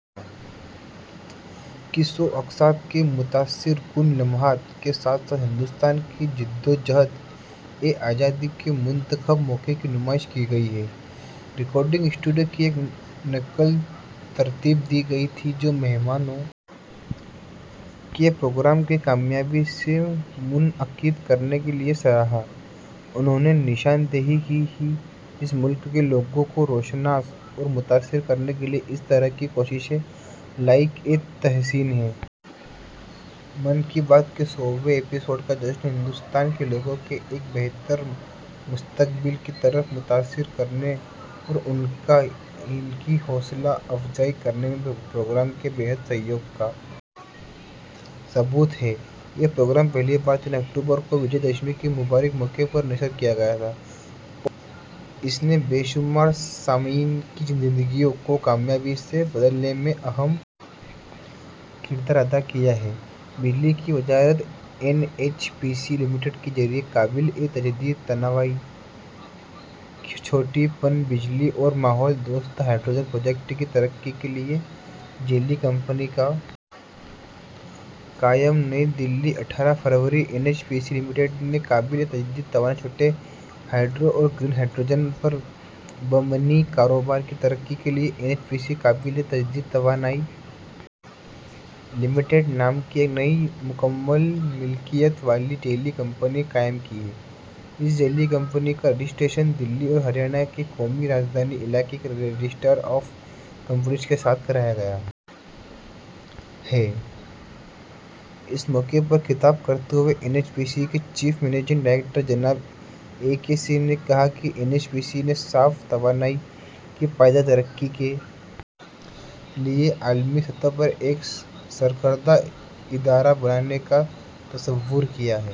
کی سو اقساط کے متاثر کن لمحات کے ساتھ ساتھ ہندوستان کی جدوجہد آزادی کے منتخب مواقع کی نمائش کی گئی ہے ریکارڈنگ اسٹوڈیو کی ایک نقل ترتیب دی گئی تھی جو مہمانوں کے پروگرام کو کامیابی سے منعقد کرنے کے لیے سراہا انہوں نے نشاندہی کی کہ اس ملک کے لوگوں کو روشناس اور متاثر کرنے کے لیے اس طرح کی کوششیں لائق تحسین ہیں من کی بات کے سویں ایپی سوڈ کا جشن ہندوستان کے لوگوں کو ایک بہتر مستقبل کی طرف متاثر کرنے اور ان کی حوصلہ افزائی کرنے میں پروگرام کے بے پناہ تعاون کا ثبوت ہے یہ پروگرام پہلی بار تین اکتوبر کو وجے دشمی کے مبارک موقع پر نشر کیا گیا تھا اور اس نے بے شمار سامعین کی زندگیوں کو کامیابی سے بدلنے میں اہم کردار ادا کیا ہے بجلی کی وزارت N H P C limited کے ذریعہ قابل تجدید توانائی چھوٹی پن بجلی اور ماحول دوست ہائیڈروجن پروجیکٹ کی ترقی کے لیے ایک ذیلی کمپنی کا قیام نئی دہلی اٹھارہ فروری N H P C limited نے قابل تجدید توانائی چھوٹے ہائیڈرو اور گرین ہائیڈروجن پر مبنی کاروبار کی ترقی کے لیے این ایچ پی سی قابل تجدید توانائی لمیٹڈ نام کی ایک نئی مکمل ملکیت والی ذیلی کمپنی قائم کی ہے اس ذیلی کمپنی کا رجسٹریشن دہلی اور ہریانہ کے قومی راجدھانی خطے کے رجسٹرار آف کمپنیز کے ساتھ کرایا گیا ہے اس موقع پر خطاب کرتے ہوئے این ایچ پی سی کے چیف مینیجنگ ڈائریکٹر جناب اے کے سنگھ نے کہا کہ این ایچ پی سی نے صاف توانائی کی پائیدار ترقی کے لیے عالمی سطح پر ایک سرکردہ ادارہ بنانے کا تصور کیا ہے